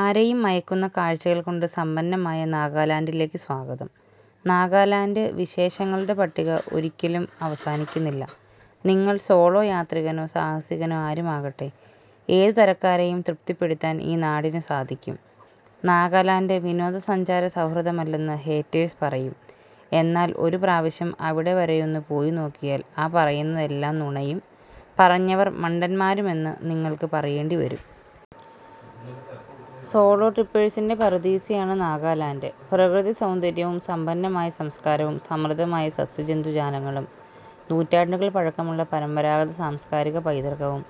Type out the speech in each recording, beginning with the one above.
ആരേയും മയക്കുന്ന കാഴ്ച്ചകൾ കൊണ്ട് സമ്പന്നമായ നാഗാലാൻഡിലേക്ക് സ്വാഗതം. നാഗാലാന്റ് വിശേഷങ്ങളുടെ പട്ടിക ഒരിക്കലും അവസാനിക്കുന്നില്ല. നിങ്ങൾ സോളോ യാത്രികനോ സാഹസികനോ ആരുമാകട്ടെ ഏതുതരക്കാരേയും തൃപ്തിപ്പെടുത്താൻ ഈ നാടിന് സാധിക്കും. നാഗാലാന്റ് വിനോദസഞ്ചാര സൗഹൃദമല്ലെന്ന് ഹേറ്റേഴ്സ് പറയും. എന്നാൽ ഒരു പ്രാവശ്യം അവിടെ വരെയൊന്ന് പോയി നോക്കിയാൽ ആ പറയുന്നതെല്ലാം നുണയും പറഞ്ഞവർ മണ്ടന്മാരുമെന്ന് നിങ്ങൾക്ക് പറയേണ്ടിവരും. സോളോ ട്രിപ്പേഴ്സിന്റെ പറുദീസയാണ് നാഗാലാൻഡ്. പ്രകൃതി സൗന്ദര്യവും സമ്പന്നമായ സംസ്കാരവും സമൃദ്ധമായ സസ്യജന്തുജാലങ്ങളും നൂറ്റാണ്ടുകൾ പഴക്കമുള്ള പരമ്പരാഗത സാംസ്കാരിക പൈതൃകവും,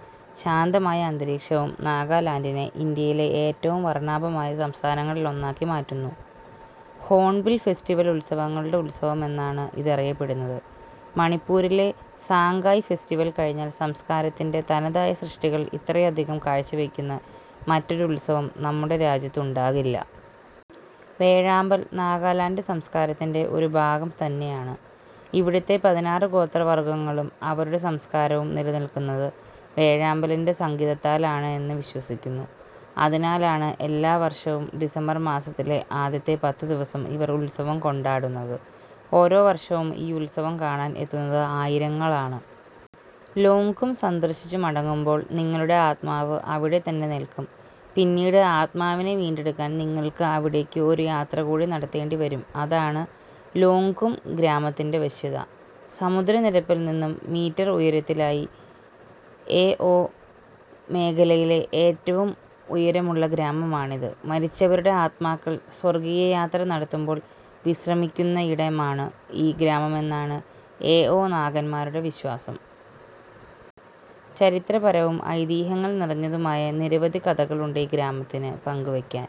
ശാന്തമായ അന്തരീക്ഷവും നാഗാലാന്റിനെ ഇന്ത്യയിലെ ഏറ്റവും വർണ്ണാഭമായ സംസ്ഥാനങ്ങളിലൊന്നാക്കി മാറ്റുന്നു. ഹോൺബിൽ ഫെസ്റ്റിവൽ ഉത്സവങ്ങളുടെ ഉത്സവമെന്നാണ് ഇതറിയപ്പെടുന്നത്. മണിപ്പുരിലെ സാംഗായ് ഫെസ്റ്റിവൽ കഴിഞ്ഞാൽ സംസ്കാരത്തിന്റെ തനതായ സൃഷ്ടികൾ ഇത്രയധികം കാഴ്ചവയ്ക്കുന്ന മറ്റൊരു ഉത്സവം നമ്മുടെ രാജ്യത്തുണ്ടാകില്ല. വേഴാമ്പൽ നാഗാലാന്റ് സംസ്കാരത്തിന്റെ ഒരു ഭാഗം തന്നെയാണ്. ഇവിടുത്തെ പതിനാറ് ഗോത്രവർഗ്ഗങ്ങളും അവരുടെ സംസ്കാരവും നിലനിൽക്കുന്നത് വേഴാമ്പലിന്റെ സംഗീതത്താലാണ് എന്ന് വിശ്വസിക്കുന്നു. അതിനാലാണ് എല്ലാ വർഷവും ഡിസംബർ മാസത്തിലെ ആദ്യത്തെ പത്തുദിവസം ഇവർ ഉത്സവം കൊണ്ടാടുന്നത്. ഓരോ വർഷവും ഈ ഉത്സവം കാണാൻ എത്തുന്നത് ആയിരങ്ങളാണ്. ലോങ്ങ്ഖും സന്ദർശിച്ചു മടങ്ങുമ്പോൾ നിങ്ങളുടെ ആത്മാവ് അവിടെ തന്നെ നിൽക്കും. പിന്നീട് ആത്മാവിനെ വീണ്ടെടുക്കാൻ നിങ്ങൾക്ക് അവിടേയ്ക്ക് ഒരു യാത്രകൂടി നടത്തേണ്ടിവരും അതാണ് ലോങ്ങ്ഖും ഗ്രാമത്തിന്റെ വശ്യത. സമുദ്രനിരപ്പിൽ നിന്നും മീറ്റർ ഉയരത്തിലായി എഓ മേഖലയിലെ ഏറ്റവും ഉയരമുള്ള ഗ്രാമമാണിത്. മരിച്ചവരുടെ ആത്മാക്കൾ സ്വർഗീയ യാത്ര നടത്തുമ്പോൾ വിശ്രമിക്കുന്നയിടമാണ് ഈ ഗ്രാമമെന്നാണ് എഓ നാഗന്മാരുടെ വിശ്വാസം. ചരിത്രപരവും ഐതിഹ്യങ്ങൾ നിറഞ്ഞതുമായ നിരവധി കഥകളുണ്ട് ഈ ഗ്രാമത്തിന് പങ്കുവയ്ക്കാൻ.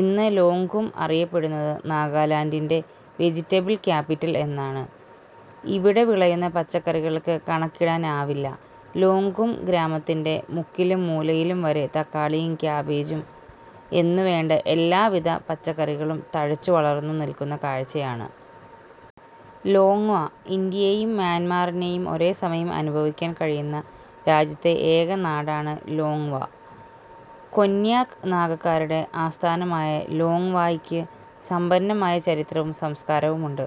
ഇന്ന് ലോങ്ങ്ഖും അറിയപ്പെടുന്നത് നാഗാലാന്റിന്റെ ' വെജിറ്റബിൾ ക്യാപിറ്റൽ ' എന്നാണ്. ഇവിടെ വിളയുന്ന പച്ചകറികൾക്ക് കണക്കിടാൻ ആവില്ല. ലോങ്ങ്ഖും ഗ്രാമത്തിന്റെ മുക്കിലും മൂലയിലും വരെ തക്കാളിയും കാബേജും എന്നുവേണ്ട എല്ലാവിധ പച്ചക്കറികളും തഴച്ചുവളർന്നു നിൽക്കുന്ന കാഴ്ചയാണ്. ലോങ്വ ഇന്ത്യയെയും മ്യാന്മറിനെയും ഒരേസമയം അനുഭവിക്കാൻ കഴിയുന്ന രാജ്യത്തെ ഏക നാടാണ് ലോങ്ങ് വാ. കൊന്യാക് നാഗരുടെ ആസ്ഥാനമായ ലോങ്ങ് വായ്ക്ക് സമ്പന്നമായ ചരിത്രവും സംസ്കാരവുമുണ്ട്.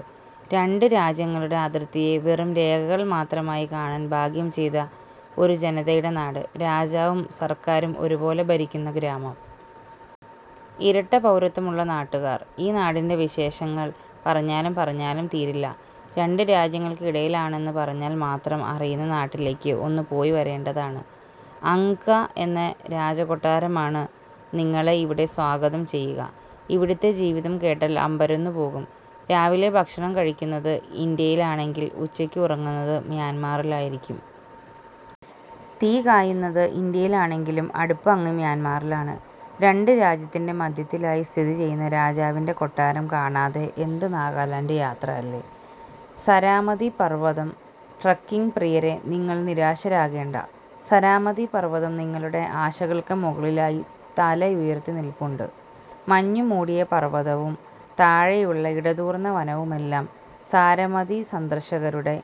രണ്ട് രാജ്യങ്ങളുടെ അതിർത്തിയെ വെറും രേഖകൾ മാത്രമായി കാണാൻ ഭാഗ്യം ചെയ്ത ഒരു ജനതയുടെ നാട്. രാജാവും സർക്കാരും ഒരുപോലെ ഭരിക്കുന്ന ഗ്രാമം. ഇരട്ടപൗരത്വമുള്ള നാട്ടുകാർ. ഈ നാടിന്റെ വിശേഷങ്ങൾ പറഞ്ഞാലും പറഞ്ഞാലും തീരില്ല. രണ്ട് രാജ്യങ്ങൾക്കിടയിലാണെന്ന് പറഞ്ഞാൽ മാത്രം അറിയുന്ന നാട്ടിലേക്ക് ഒന്ന് പോയിവരണ്ടേതാണ്. അങ്ഖ് എന്ന രാജാകൊട്ടാരമാണ് നിങ്ങളെ ഇവിടെ സ്വാഗതം ചെയ്യുക. ഇവിടുത്തെ ജീവിതം കേട്ടാൽ അമ്പരന്നുപോകും. രാവിലെ ഭക്ഷണം കഴിക്കുന്നത് ഇന്ത്യയിലാണെങ്കിൽ ഉച്ചയ്ക്ക് ഉറങ്ങുന്നത് മ്യാന്മാറിലായിരിക്കും. തീ കായുന്നത് ഇന്ത്യയിലാണെങ്കിലും അടുപ്പ് അങ്ങ് മ്യാന്മാറിലാണ്. രണ്ട് രാജ്യത്തിന്റെ മധ്യത്തിലായി സ്ഥിതിചെയ്യുന്ന രാജാവിന്റെ കൊട്ടാരം കാണാതെ എന്ത് നാഗാലാന്റ് യാത്ര അല്ലേ. സരാമതി പർവ്വതം ട്രക്കിംഗ് പ്രിയരെ നിങ്ങൾ നിരാശരാകേണ്ട. സരാമതി പർവ്വതം നിങ്ങളുടെ ആശകൾക്കും മുകളിലായി താലയുയർത്തി നിൽപ്പുണ്ട്. മഞ്ഞുമൂടിയ പർവ്വതവും താഴെയുള്ള ഇടതൂർന്ന വനവുമെല്ലാം സാരമതിസന്ദർഷകരുടെ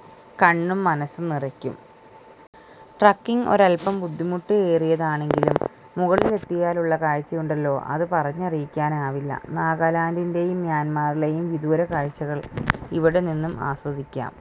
കണ്ണും മനസ്സും നിറയ്ക്കും. ട്രക്കിംഗ് ഒരൽപ്പം ബുദ്ധിമുട്ടേറിയതാണെങ്കിലും മുകളിലെത്തിയാലുള്ള കാഴ്ചയുണ്ടല്ലോ അത് പറഞ്ഞറിയിക്കാനാവില്ല. നാഗാലാന്റിലേയും മ്യാന്മാറിലേയും വിദൂരകാഴ്ച്ചകൾ ഇവിടെനിന്നും ആസ്വദിക്കാം.